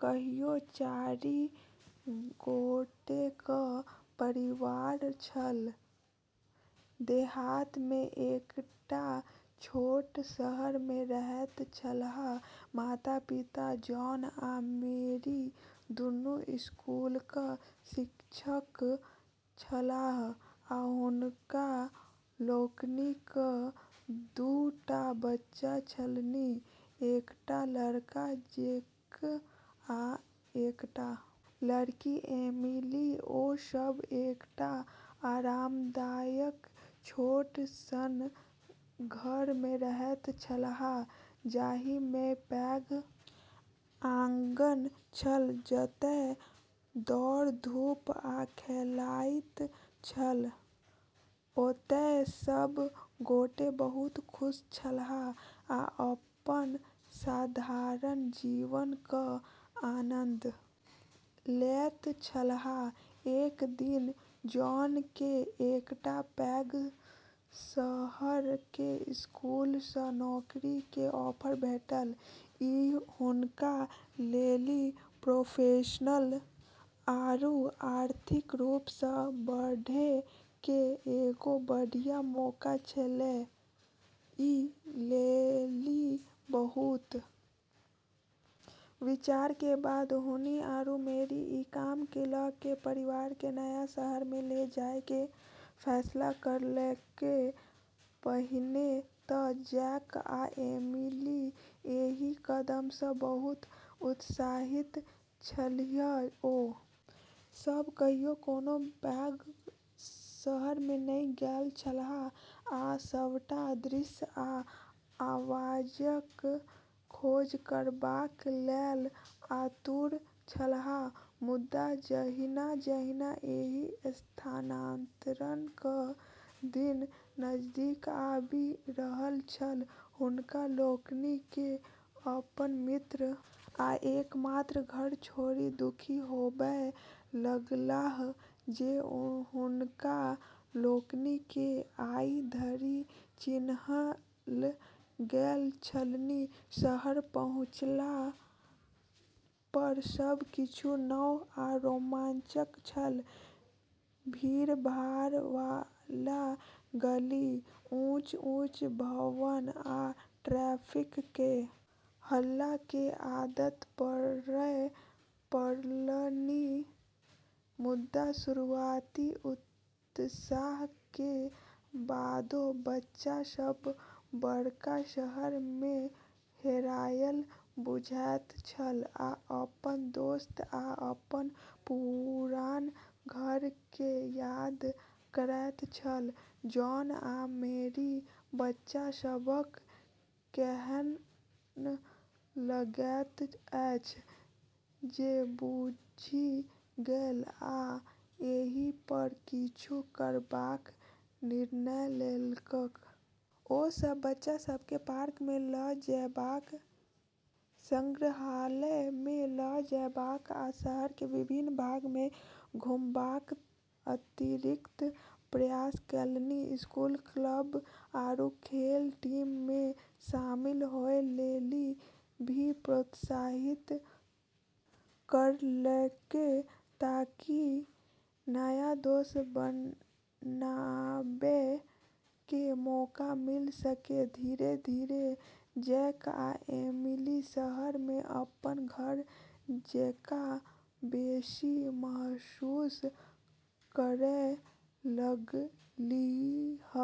कहियो चारि गोटेक परिवार छल, देहात मे एकटा छोट शहर मे रहैत छलाह, माता-पिता जॉन आ मैरी दुनू स्कूलक शिक्षक छलाह आ हुनका लोकनिक दू टा बच्चा छलनि, एकटा लड़का जैक आ एकटा लड़की एमिली, ओ सभ एकटा आरामदायक छोट सन घर मे रहैत छलाह जाहि मे पैघ आँगन छल जतय दौड़-धूप आ खेलाइत छल, ओतय सब गोटे बहुत खुश छलाह आ अपन साधारण जीवनक आनंद लैत छलाह, एक दिन जॉन के एकटा पैघ शहर के स्कूल स नौकरी के ऑफर भेटल, ई हुनका लेली प्रोफेशनल आरू आर्थिक रूप स॑ बढ़ै के एगो बढ़िया मौका छेलै, ई लेली बहुत विचार के बाद हुनी आरू मैरी ई काम के ल के परिवार के नया शहर मे ले जाय के फैसला करलकै, पहिने त जैक आ एमिली एहि कदम स बहुत उत्साहित छलीह, ओ सभ कहियो कोनो पैघ शहर मे नहि गेल छलाह आ सभटा दृश्य आ आवाजक खोज करबाक लेल आतुर छलाह मुदा जहिना-जहिना एहि स्थानांतरणक दिन नजदीक आबि रहल छल हुनका लोकनि केँ अपन मित्र आ एकमात्र घर छोड़ि दुखी होबय लगलाह जे हुनका लोकनि केँ आइ धरि चिन्हल गेल छलनि, शहर पहुँचला पर सब किछु नव आ रोमांचक छल, भीड़-भाड़ वाला गली, ऊँच-ऊँच भवन आ ट्रैफिक के हल्ला के आदत पड़य पड़लनि मुदा शुरूआती उत्साह के बादो बच्चा सब बड़का शहर में हेरायल बुझैत छल आ अपन दोस्त आ अपन पुरान घर के याद करैत छल, जॉन आ मैरि बच्चा सभक केहन लगैत अछि से बुझि गेल आ एहि पर किछु करबाक निर्णय लेलक। ओ सब बच्चा सब के पार्क में ल जेबाक, संग्रहालय में ल जेबाक आ शहर के विभिन्न भाग में घुमबाक अतिरिक्त प्रयास केलनि, स्कूल क्लब आरू खेल टीम मे शामिल होय लेली भी प्रोत्साहित करलकै ताकि नया दोस्त बनाबै के मौका मिल सके, धीरे-धीरे जैक आ एमिली शहर मे अपन घर जेकाँ बेसी महसूस करय लगलीह।